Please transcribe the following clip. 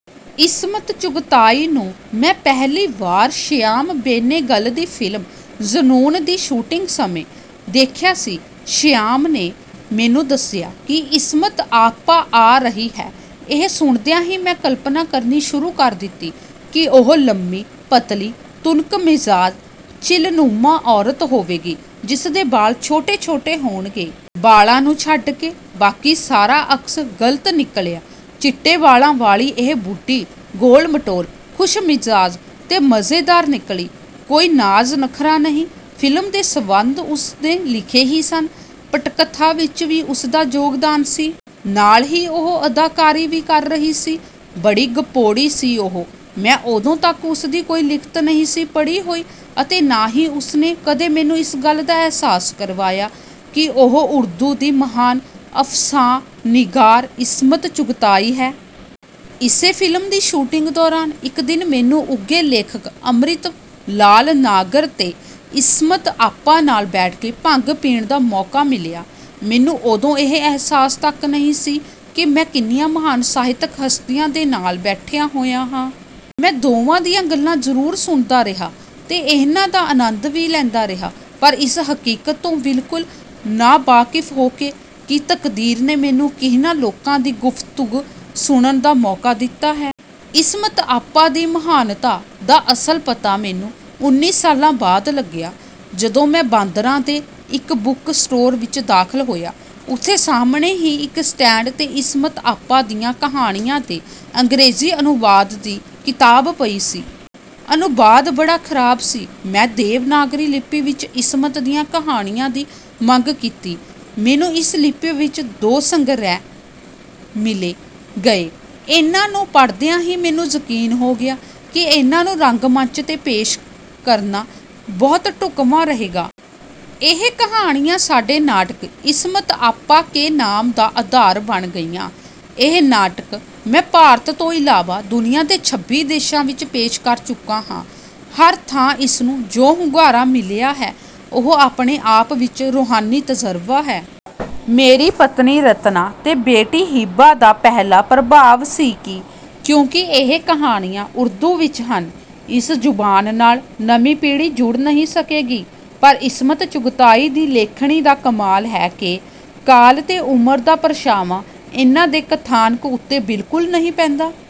ਇਸਮਤ ਚੁਗਤਾਈ ਨੂੰ ਮੈਂ ਪਹਿਲੀ ਵਾਰ ਸ਼ਿਆਮ ਬੇਨੇਗਲ ਦੀ ਫ਼ਿਲਮ 'ਜੁਨੂਨ' ਦੀ ਸ਼ੂਟਿੰਗ ਸਮੇਂ ਦੇਖਿਆ ਸੀ। ਸ਼ਿਆਮ ਨੇ ਮੈਨੂੰ ਦੱਸਿਆ ਕਿ 'ਇਸਮਤ ਆਪਾ' ਆ ਰਹੀ ਹੈ। ਇਹ ਸੁਣਦਿਆਂ ਹੀ ਮੈਂ ਕਲਪਨਾ ਕਰਨੀ ਸ਼ੁਰੂ ਕਰ ਦਿੱਤੀ ਕਿ ਉਹ ਲੰਮੀ, ਪਤਲੀ, ਤੁਨਕ-ਮਿਜ਼ਾਜ, ਚੀਲਨੁਮਾ ਔਰਤ ਹੋਵੇਗੀ ਜਿਸ ਦੇ ਵਾਲ ਛੋਟੇ-ਛੋਟੇ ਹੋਣਗੇ। ਵਾਲਾਂ ਨੂੰ ਛੱਡ ਕੇ ਬਾਕੀ ਸਾਰਾ ਅਕਸ ਗ਼ਲਤ ਨਿਕਲਿਆ। ਚਿੱਟੇ ਵਾਲਾਂ ਵਾਲੀ ਇਹ 'ਬੁੱਢੀ' ਗੋਲ-ਮਟੋਲ, ਖੁਸ਼ਮਿਜ਼ਾਜ ਤੇ ਮਜ਼ੇਦਾਰ ਨਿਕਲੀ। ਕੋਈ ਨਾਜ਼-ਨਖ਼ਰਾ ਨਹੀਂ। ਫ਼ਿਲਮ ਦੇ ਸੰਵਾਦ ਉਸ ਨੇ ਲਿਖੇ ਹੀ ਸਨ, ਪਟਕਥਾ ਵਿੱਚ ਵੀ ਉਸਦਾ ਯੋਗਦਾਨ ਸੀ। ਨਾਲ ਹੀ ਉਹ ਅਦਾਕਾਰੀ ਵੀ ਕਰ ਰਹੀ ਸੀ। ਬੜੀ ਗੱਪੋੜੀ ਸੀ ਉਹ। ਮੈਂ ਉਦੋਂ ਤੱਕ ਉਸਦੀ ਕੋਈ ਲਿਖਤ ਨਹੀਂ ਸੀ ਪੜ੍ਹੀ ਹੋਈ ਅਤੇ ਨਾ ਹੀ ਉਸ ਨੇ ਕਦੇ ਮੈਨੂੰ ਇਸ ਗੱਲ ਦਾ ਅਹਿਸਾਸ ਕਰਵਾਇਆ ਕਿ ਉਹ ਉਰਦੂ ਦੀ ਮਹਾਨ ਅਫ਼ਸਾਨਿਗਾਰ ਇਸਮਤ ਚੁਗਤਾਈ ਹੈ। ਇਸੇ ਫ਼ਿਲਮ ਦੀ ਸ਼ੂਟਿੰਗ ਦੌਰਾਨ ਇੱਕ ਦਿਨ ਮੈਨੂੰ ਉੱਘੇ ਲੇਖਕ ਅੰਮ੍ਰਿਤਲਾਲ ਨਾਗਰ ਤੇ ਇਸਮਤ ਆਪਾ ਨਾਲ ਬੈਠ ਕੇ ਭੰਗ ਪੀਣ ਦਾ ਮੌਕਾ ਮਿਲਿਆ। ਮੈਨੂੰ ਉਦੋਂ ਇਹ ਅਹਿਸਾਸ ਤੱਕ ਨਹੀਂ ਸੀ ਕਿ ਮੈਂ ਕਿੰਨੀਆਂ ਮਹਾਨ ਸਾਹਿਤਕ ਹਸਤੀਆਂ ਦੇ ਨਾਲ ਬੈਠਾ ਹੋਇਆ ਹਾਂ। ਮੈਂ ਦੋਵਾਂ ਦੀਆਂ ਗੱਲਾਂ ਜ਼ਰੂਰ ਸੁਣਦਾ ਰਿਹਾ ਤੇ ਇਹਨਾਂ ਦਾ ਆਨੰਦ ਵੀ ਲੈਂਦਾ ਰਿਹਾ, ਪਰ ਇਸ ਹਕੀਕਤ ਤੋਂ ਬਿਲਕੁਲ ਨਾਵਾਕਿਫ਼ ਹੋ ਕੇ ਕਿ ਤਕਦੀਰ ਨੇ ਮੈਨੂੰ ਕਿਹਨਾਂ ਲੋਕਾਂ ਦੀ ਗੁਫ਼ਤਗੂ ਸੁਣਨ ਦਾ ਮੌਕਾ ਦਿੱਤਾ ਹੈ। ਇਸਮਤ ਆਪਾ ਦੀ ਮਹਾਨਤਾ ਦਾ ਅਸਲ ਪਤਾ ਮੈਨੂੰ ਉੱਨੀ ਸਾਲਾਂ ਬਾਅਦ ਲੱਗਿਆ ਜਦੋਂ ਮੈਂ ਬਾਂਦਰਾ ਦੇ ਇੱਕ ਬੁੱਕ ਸਟੋਰ ਵਿੱਚ ਦਾਖ਼ਲ ਹੋਇਆ। ਉੱਥੇ ਸਾਹਮਣੇ ਹੀ ਇੱਕ ਸਟੈਂਡ 'ਤੇ ਇਸਮਤ ਆਪਾ ਦੀਆਂ ਕਹਾਣੀਆਂ ਦੇ ਅੰਗਰੇਜ਼ੀ ਅਨੁਵਾਦ ਦੀ ਕਿਤਾਬ ਪਈ ਸੀ। ਅਨੁਵਾਦ ਬੜਾ ਖਰਾਬ ਸੀ। ਮੈਂ ਦੇਵਨਾਗਰੀ ਲਿੱਪੀ ਵਿੱਚ ਇਸਮਤ ਦੀਆਂ ਕਹਾਣੀਆਂ ਦੀ ਮੰਗ ਕੀਤੀ। ਮੈਨੂੰ ਇਸ ਲਿੱਪੀ ਵਿੱਚ ਦੋ ਸੰਗ੍ਰਹਿ ਮਿਲੇ ਗਏ। ਇਨ੍ਹਾਂ ਨੂੰ ਪੜ੍ਹਦਿਆਂ ਹੀ ਮੈਨੂੰ ਯਕੀਨ ਹੋ ਗਿਆ ਕਿ ਇਨ੍ਹਾਂ ਨੂੰ ਰੰਗਮੰਚ 'ਤੇ ਪੇਸ਼ ਕਰਨਾ ਬਹੁਤ ਢੁੱਕਵਾਂ ਰਹੇਗਾ। ਇਹ ਕਹਾਣੀਆਂ ਸਾਡੇ ਨਾਟਕ 'ਇਸਮਤ ਆਪਾ ਕੇ ਨਾਮ' ਦਾ ਆਧਾਰ ਬਣ ਗਈਆਂ। ਇਹ ਨਾਟਕ, ਮੈਂ ਭਾਰਤ ਤੋਂ ਇਲਾਵਾ ਦੁਨੀਆਂ ਦੇ ਛੱਬੀ ਦੇਸ਼ਾਂ ਵਿੱਚ ਪੇਸ਼ ਕਰ ਚੁੱਕਾ ਹਾਂ ਅਤੇ ਹਰ ਥਾਂ ਇਸਨੂੰ ਜੋ ਹੁੰਗਾਰਾ ਮਿਲਿਆ ਹੈ, ਉਹ ਆਪਣੇ ਆਪ ਵਿੱਚ ਰੂਹਾਨੀ ਤਜਰਬਾ ਹੈ। ਮੇਰੀ ਪਤਨੀ ਰਤਨਾ ਤੇ ਬੇਟੀ ਹੀਬਾ ਦਾ ਪਹਿਲਾ ਪ੍ਰਭਾਵ ਸੀ ਕਿ ਕਿਉਂਕਿ ਇਹ ਕਹਾਣੀਆਂ ਉਰਦੂ ਵਿੱਚ ਹਨ, ਇਸ ਜ਼ੁਬਾਨ ਨਾਲ ਨਵੀਂ ਪੀੜ੍ਹੀ ਜੁੜ ਨਹੀਂ ਸਕੇਗੀ। ਪਰ ਇਸਮਤ ਚੁਗਤਾਈ ਦੀ ਲੇਖਣੀ ਦਾ ਕਮਾਲ ਹੈ ਕਿ ਕਾਲ ਤੇ ਉਮਰ ਦਾ ਪਰਛਾਵਾਂ ਇਹਨਾਂ ਦੇ ਕਥਾਨਕ ਉੱਤੇ ਬਿਲਕੁਲ ਨਹੀਂ ਪੈਂਦਾ।